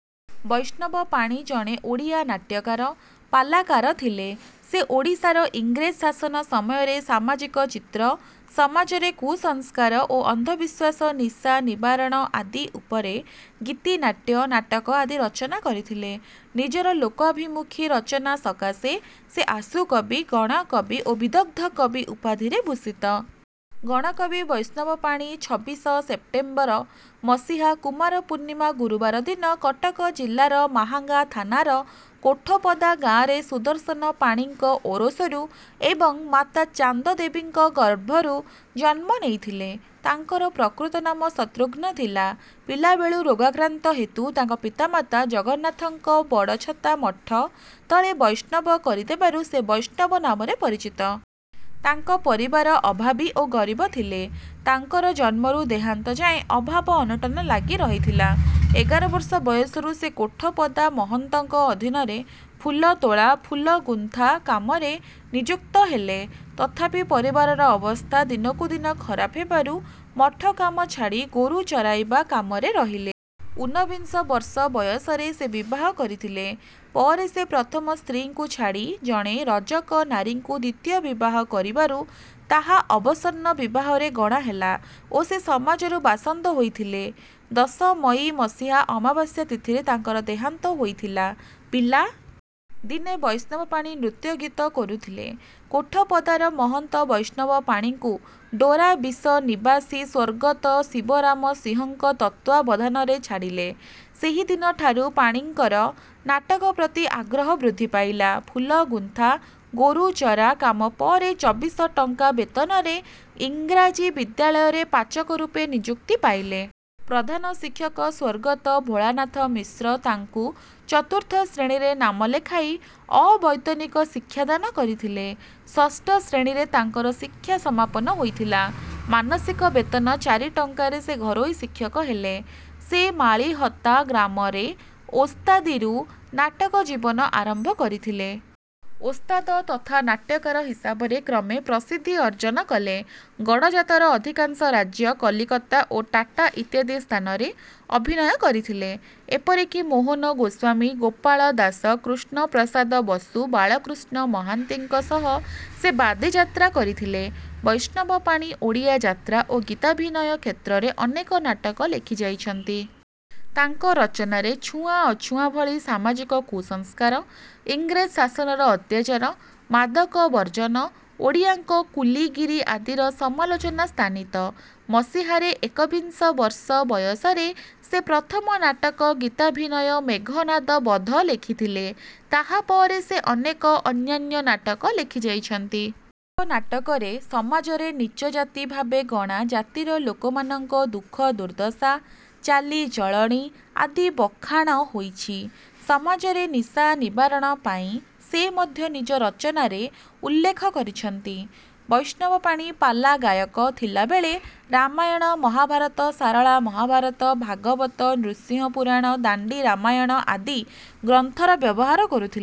ବୈଷ୍ଣବ ପାଣି ଜଣେ ଓଡ଼ିଆ ନାଟ୍ୟକାର, ପାଲାକାର ଥିଲେ। ସେ ଓଡ଼ିଶାର ଇଂରେଜ ଶାସନ ସମୟରେ ସାମାଜିକ ଚିତ୍ର, ସମାଜରେ କୁସଂସ୍କାର ଓ ଅନ୍ଧବିଶ୍ୱାସ, ନିଶା ନିବାରଣ ଆଦି ଉପରେ ଗୀତିନାଟ୍ୟ, ନାଟକ ଆଦି ରଚନା କରିଥିଲେ। ନିଜର ଲୋକାଭିମୁଖୀ ରଚନା ସକାଶେ ସେ "ଆଶୁକବି", "ଗଣକବି" ଓ "ବିଦଗ୍ଧ କବି" ଉପାଧିରେ ଭୂଷିତ। ଗଣକବି ବୈଷ୍ଣବ ପାଣି ଛବିଶ ସେପ୍ଟେମ୍ବର ମସିହା, କୁମାର ପୂର୍ଣ୍ଣିମା ଗୁରୁବାର ଦିନ କଟକ ଜିଲ୍ଲାର ମାହାଙ୍ଗା ଥାନାର କୋଠପଦା ଗାଁରେ ସୁଦର୍ଶନ ପାଣିଙ୍କ ଔରସରୁ ଏବଂ ମାତା ଚାନ୍ଦଦେବୀଙ୍କ ଗର୍ଭରୁ ଜନ୍ମ ନେଇଥିଲେ। ତାଙ୍କର ପ୍ରକୃତ ନାମ ଶତ୍ରୁଘ୍ନ ଥିଲା। ପିଲାବେଳୁ ରୋଗାକ୍ରାନ୍ତ ହେତୁ ତାଙ୍କ ପିତାମାତା ଜଗନ୍ନାଥଙ୍କ ବଡ଼ଛତା ମଠ ତଳେ ବୈଷ୍ଣବ କରିଦେବାରୁ ସେ ବୈଷ୍ଣବ ନାମରେ ପରିଚିତ। ତାଙ୍କ ପରିବାର ଅଭାବୀ ଓ ଗରିବ ଥିଲେ। ତାଙ୍କର ଜନ୍ମରୁ ଦେହାନ୍ତ ଯାଏଁ ଅଭାବ ଅନଟନ ଲାଗିରହିଥିଲା। ଏଗାର ବର୍ଷ ବୟସରୁ ସେ କୋଠପଦା ମହନ୍ତଙ୍କ ଅଧୀନରେ ଫୁଲତୋଳା, ଫୁଲଗୁନ୍ଥା କାମରେ ନିଯୁକ୍ତ ହେଲେ। ତଥାପି ପରିବାରର ଅବସ୍ଥା ଦିନକୁ ଦିନ ଖରାପ ହେବାରୁ ମଠକାମ ଛାଡ଼ି ଗୋରୁ ଚରାଇବା କାମରେ ରହିଲେ। ଉନବିଂଶ ବର୍ଷ ବୟସରେ ସେ ବିବାହ କରିଥିଲେ। ପରେ ସେ ପ୍ରଥମ ସ୍ତ୍ରୀଙ୍କୁ ଛାଡ଼ି ଜଣେ ରଜକ ନାରୀଙ୍କୁ ଦ୍ୱିତୀୟ ବିବାହ କରିବାରୁ ତାହା ଅସବର୍ଣ୍ଣ ବିବାହରେ ଗଣା ହେଲା ଓ ସେ ସମାଜରୁ ବାସନ୍ଦ ହୋଇଥିଲେ। ଦଶ ମଇ ମସିହା ଅମାବାସ୍ୟା ତିଥିରେ ତାଙ୍କର ଦେହାନ୍ତ ହୋଇଥିଲା। ପିଲା ଦିନେ ବୈଷ୍ଣବ ପାଣି ନୃତ୍ୟଗୀତ କରୁଥିଲେ। କୋଠପଦାର ମହନ୍ତ ବୈଷ୍ଣବ ପାଣିଙ୍କୁ ଡୋରାବିଶ ନିବାସୀ ସ୍ୱର୍ଗତ ଶିବରାମ ସିଂହଙ୍କ ତତ୍ତ୍ୱାବଧାନରେ ଛାଡ଼ିଲେ। ସେହିଦିନଠାରୁ ପାଣିଙ୍କର ନାଟକ ପ୍ରତି ଆଗ୍ରହ ବୃଦ୍ଧି ପାଇଲା। ଫୁଲଗୁନ୍ଥା, ଗୋରୁଚରା କାମ ପରେ ଚବିଶ ଟଙ୍କା ବେତନରେ ଇଂରାଜୀ ବିଦ୍ୟାଳୟରେ ପାଚକରୂପେ ନିଯୁକ୍ତି ପାଇଲେ। ପ୍ରଧାନ ଶିକ୍ଷକ ସ୍ୱର୍ଗତ ଭୋଳାନାଥ ମିଶ୍ର ତାଙ୍କୁ ଚତୁର୍ଥ ଶ୍ରେଣୀରେ ନାମ ଲେଖାଇ ଅବୈତନିକ ଶିକ୍ଷା ଦାନ କରିଥିଲେ। ଷଷ୍ଠ ଶ୍ରେଣୀରେ ତାଙ୍କର ଶିକ୍ଷା ସମାପନ ହୋଇଥିଲା। ମାସିକ ବେତନ ଚାରି ଟଙ୍କାରେ ସେ ଘରୋଇ ଶିକ୍ଷକ ହେଲେ। ସେ ମାଳିହତା ଗ୍ରାମରେ ଓସ୍ତାଦିରୁ ନାଟକ ଜୀବନ ଆରମ୍ଭ କରିଥିଲେ। ଓସ୍ତାଦ ତଥା ନାଟ୍ୟକାର ହିସାବରେ କ୍ରମେ ପ୍ରସିଦ୍ଧି ଅର୍ଜନ କଲେ। ଗଡ଼ଜାତର ଅଧିକାଂଶ ରାଜ୍ୟ, କଲିକତା ଓ ଟାଟା ଇତ୍ୟାଦି ସ୍ଥାନରେ ଅଭିନୟ କରିଥିଲେ। ଏପରିକି ମୋହନ ଗୋସ୍ୱାମୀ, ଗୋପାଳ ଦାଶ, କୃଷ୍ଣପ୍ରସାଦ ବସୁ, ବାଳକୃଷ୍ଣ ମହାନ୍ତିଙ୍କ ସହ ସେ ବାଦୀଯାତ୍ରା କରିଥିଲେ। ବୈଷ୍ଣବ ପାଣି ଓଡ଼ିଆ ଯାତ୍ରା ଓ ଗୀତାଭିନୟ କ୍ଷେତ୍ରରେ ଅନେକ ନାଟକ ଲେଖିଯାଇଛନ୍ତି। ତାଙ୍କ ରଚନାରେ ଛୁଆଁଅଛୁଆଁ ଭଳି ସାମାଜିକ କୁସଂସ୍କାର, ଇଂରେଜ ଶାସନର ଅତ୍ୟାଚାର, ମାଦକ ବର୍ଜନ, ଓଡ଼ିଆଙ୍କ କୁଲିଗିରି ଆଦିର ସମାଲୋଚନା ସ୍ଥାନିତ। ମସିହାରେ, ଏକବିଂଶ ବର୍ଷ ବୟସରେ ସେ ପ୍ରଥମ ନାଟକ ଗୀତାଭିନୟ 'ମେଘନାଦ ବଧ' ଲେଖିଥିଲେ। ତାହାପରେ ସେ ଅନେକ ଅନ୍ୟାନ୍ୟ ନାଟକ ଲେଖିଯାଇଛନ୍ତି। ତାଙ୍କ ନାଟକରେ ସମାଜରେ ନୀଚ ଜାତି ଭାବେ ଗଣା ଜାତିର ଲୋକମାନଙ୍କ ଦୁଃଖ-ଦୁର୍ଦ୍ଦଶା, ଚାଲିଚଳଣି ଆଦି ବଖାଣ ହୋଇଛି। ସମାଜରେ ନିଶା ନିବାରଣ ପାଇଁ ସେ ମଧ୍ୟ ନିଜ ରଚନାରେ ଉଲ୍ଲେଖ କରିଛନ୍ତି। ବୈଷ୍ଣବ ପାଣି ପାଲା ଗାୟକ ଥିବାବେଳେ ରାମାୟଣ, ମହାଭାରତ, ସାରଳା ମହାଭାରତ, ଭାଗବତ, ନୃସିଂହପୁରାଣ, ଦାଣ୍ଡି ରାମାୟଣ ଆଦି ଗ୍ରନ୍ଥର ବ୍ୟବହାର କରୁଥିଲେ।